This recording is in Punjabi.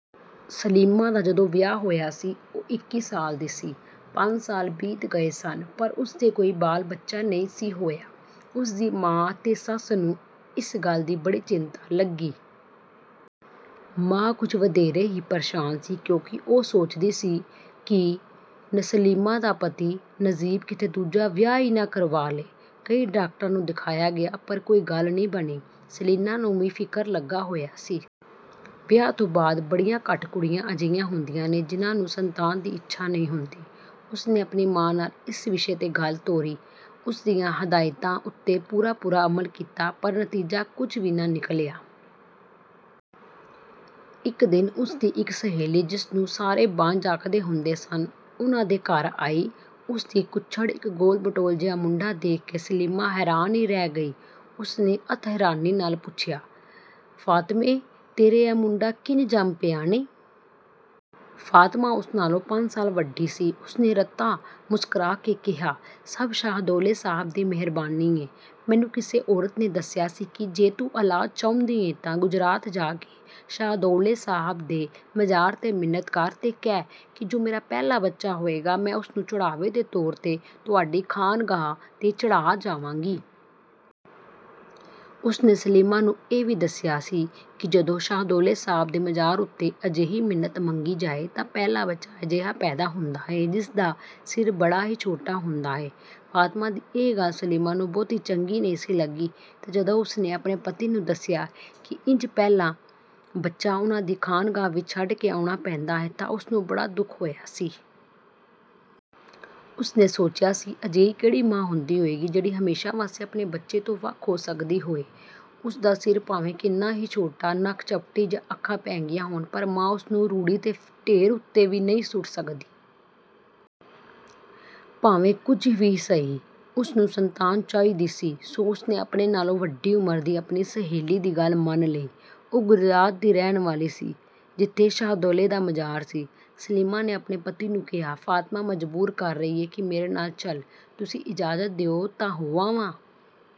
ਸਲੀਮਾ ਦਾ ਜਦੋਂ ਵਿਆਹ ਹੋਇਆ ਸੀ, ਉਹ ਇੱਕੀ ਸਾਲ ਦੀ ਸੀ। ਪੰਜ ਸਾਲ ਬੀਤ ਗਏ ਸਨ, ਪਰ ਉਸਦੇ ਕੋਈ ਬਾਲ-ਬੱਚਾ ਨਹੀਂ ਸੀ ਹੋਇਆ। ਉਸਦੀ ਮਾਂ ਤੇ ਸੱਸ ਨੂੰ ਇਸ ਗੱਲ ਦੀ ਬੜੀ ਚਿੰਤਾ ਲੱਗੀ। ਮਾਂ ਕੁਝ ਵਧੇਰੇ ਹੀ ਪਰੇਸ਼ਾਨ ਸੀ, ਕਿਉਂਕਿ ਉਹ ਸੋਚਦੀ ਸੀ ਕਿ ਸਲੀਮਾ ਦਾ ਪਤੀ ਨਜ਼ੀਬ ਕਿਤੇ ਦੂਜਾ ਵਿਆਹ ਹੀ ਨਾ ਕਰਵਾ ਲਏ। ਕਈ ਡਾਕਟਰਾਂ ਨੂੰ ਦਿਖਾਇਆ ਗਿਆ, ਪਰ ਕੋਈ ਗੱਲ ਨਹੀਂ ਬਣੀ। ਸਲੀਮਾ ਨੂੰ ਵੀ ਫਿਕਰ ਲੱਗਾ ਹੋਇਆ ਸੀ। ਵਿਆਹ ਤੋਂ ਬਾਅਦ ਬੜੀਆਂ ਘੱਟ ਕੁੜੀਆਂ ਅਜਿਹੀਆਂ ਹੁੰਦੀਆਂ ਨੇ, ਜਿਹਨਾਂ ਨੂੰ ਸੰਤਾਨ ਦੀ ਇੱਛਾ ਨਹੀਂ ਹੁੰਦੀ। ਉਸਨੇ ਆਪਣੀ ਮਾਂ ਨਾਲ ਇਸ ਵਿਸ਼ੇ ਤੇ ਗੱਲ ਤੋਰੀ, ਉਸਦੀਆਂ ਹਦਾਇਤਾਂ ਉੱਤੇ ਪੂਰਾ-ਪੂਰਾ ਅਮਲ ਕੀਤਾ, ਪਰ ਨਤੀਜਾ ਕੁਝ ਵੀ ਨਾ ਨਿਕਲਿਆ। ਇਕ ਦਿਨ ਉਸਦੀ ਇਕ ਸਹੇਲੀ, ਜਿਸਨੂੰ ਸਾਰੇ ਬਾਂਝ ਆਖਦੇ ਹੁੰਦੇ ਸਨ, ਉਹਨਾਂ ਦੇ ਘਰ ਆਈ। ਉਸਦੀ ਕੁੱਛੜ ਇਕ ਗੋਲ-ਮਟੋਲ ਜਿਹਾ ਮੁੰਡਾ ਦੇਖ ਕੇ ਸਲੀਮਾ ਹੈਰਾਨ ਹੀ ਰਹਿ ਗਈ। ਉਸਨੇ ਅਤਿ ਹੈਰਾਨੀ ਨਾਲ ਪੁੱਛਿਆ, “ਫਾਤਮੇਂ, ਤੇਰੇ ਅਹਿ ਮੁੰਡਾ ਕਿੰਜ ਜੰਮ ਪਿਆ ਨੀਂ?” ਫਾਤਮਾ ਉਸ ਨਾਲੋਂ ਪੰਜ ਸਾਲ ਵੱਡੀ ਸੀ। ਉਸਨੇ ਰਤਾ ਮੁਸਕਰਾ ਕੇ ਕਿਹਾ, “ਸਭ ਸ਼ਾਹਦੌਲੇ ਸਾਹਬ ਦੀ ਮਿਹਰਬਾਨੀ ਏ। ਮੈਨੂੰ ਕਿਸੇ ਔਰਤ ਨੇ ਦੱਸਿਆ ਸੀ ਕਿ ਜੇ ਤੂੰ ਔਲਾਦ ਚਾਹੁੰਦੀ ਏਂ ਤਾਂ ਗੁਜਰਾਤ ਜਾ ਕੇ ਸ਼ਾਹਦੌਲੇ ਸਾਹਬ ਦੇ ਮਜ਼ਾਰ ਤੇ ਮਿੰਨਤ ਕਰ, ਤੇ ਕਹਿ ਕਿ ਜੋ ਮੇਰਾ ਪਹਿਲਾ ਬੱਚਾ ਹੋਏਗਾ, ਮੈਂ ਉਸਨੂੰ ਚੜ੍ਹਾਵੇ ਦੇ ਤੌਰ ਤੇ ਤੁਹਾਡੀ ਖਾਨਗਾਹ ਤੇ ਚੜ੍ਹਾਅ ਜਾਵਾਂਗੀ।” ਉਸਨੇ ਸਲੀਮਾ ਨੂੰ ਇਹ ਵੀ ਦੱਸਿਆ ਸੀ ਕਿ ਜਦੋਂ ਸ਼ਾਹਦੌਲੇ ਸਾਹਬ ਦੇ ਮਜ਼ਾਰ ਉੱਤੇ ਅਜਿਹੀ ਮਿੰਨਤ ਮੰਗੀ ਜਾਏ, ਤਾਂ ਪਹਿਲਾ ਬੱਚਾ ਅਜਿਹਾ ਪੈਦਾ ਹੁੰਦਾ ਏ, ਜਿਸਦਾ ਸਿਰ ਬੜਾ ਹੀ ਛੋਟਾ ਹੁੰਦਾ ਏ। ਫਾਤਮਾ ਦੀ ਇਹ ਗੱਲ ਸਲੀਮਾ ਨੂੰ ਬਹੁਤੀ ਚੰਗੀ ਨਹੀਂ ਸੀ ਲੱਗੀ ਤੇ ਜਦੋਂ ਉਸਨੇ ਆਪਣੇ ਪਤੀ ਨੂੰ ਦੱਸਿਆ ਕਿ ਇੰਜ ਪਹਿਲਾ ਬੱਚਾ ਉਹਨਾਂ ਦੀ ਖਾਨਗਾਹ ਵਿਚ ਛੱਡ ਕੇ ਆਉਣਾ ਪੈਂਦਾ ਏ, ਤਾਂ ਉਸਨੂੰ ਵੀ ਬੜਾ ਦੁੱਖ ਹੋਇਆ ਸੀ। ਉਸਨੇ ਸੋਚਿਆ ਸੀ, ਅਜਿਹੀ ਕਿਹੜੀ ਮਾਂ ਹੁੰਦੀ ਹੋਏਗੀ, ਜਿਹੜੀ ਹਮੇਸ਼ਾ ਵਾਸਤੇ ਆਪਣੇ ਬੱਚੇ ਤੋਂ ਵੱਖ ਹੋ ਸਕਦੀ ਹੋਏ? ਉਸਦਾ ਸਿਰ ਭਾਵੇਂ ਕਿੰਨਾ ਹੀ ਛੋਟਾ, ਨੱਕ ਚਪਟੀ ਜਾਂ ਅੱਖਾਂ ਭੈਂਗੀਆਂ ਹੋਣ, ਪਰ ਮਾਂ ਉਸਨੂੰ ਰੂੜੀ ਦੇ ਢੇਰ ਉੱਤੇ ਨਹੀਂ ਸੁੱਟ ਸਕਦੀ। ਭਾਵੇਂ ਕੁਝ ਵੀ ਸਹੀ, ਉਸਨੂੰ ਸੰਤਾਨ ਚਾਹੀਦੀ ਸੀ, ਸੋ ਉਸਨੇ ਆਪਣੇ ਨਾਲੋਂ ਵੱਡੀ ਉਮਰ ਦੀ ਆਪਣੀ ਸਹੇਲੀ ਦੀ ਗੱਲ ਮੰਨ ਲਈ। ਉਹ ਗੁਜਰਾਤ ਦੀ ਰਹਿਣ ਵਾਲੀ ਸੀ, ਜਿੱਥੇ ਸ਼ਾਹਦੌਲੇ ਦਾ ਮਜ਼ਾਰ ਸੀ। ਸਲੀਮਾ ਨੇ ਆਪਣੇ ਪਤੀ ਨੂੰ ਕਿਹਾ, "ਫਾਤਮਾ ਮਜਬੂਰ ਕਰ ਰਹੀ ਏ ਕਿ ਮੇਰੇ ਨਾਲ ਚਲ। ਤੁਸੀਂ ਇਜਾਜ਼ਤ ਦਿਓ ਤਾਂ ਹੋ ਆਵਾਂ?"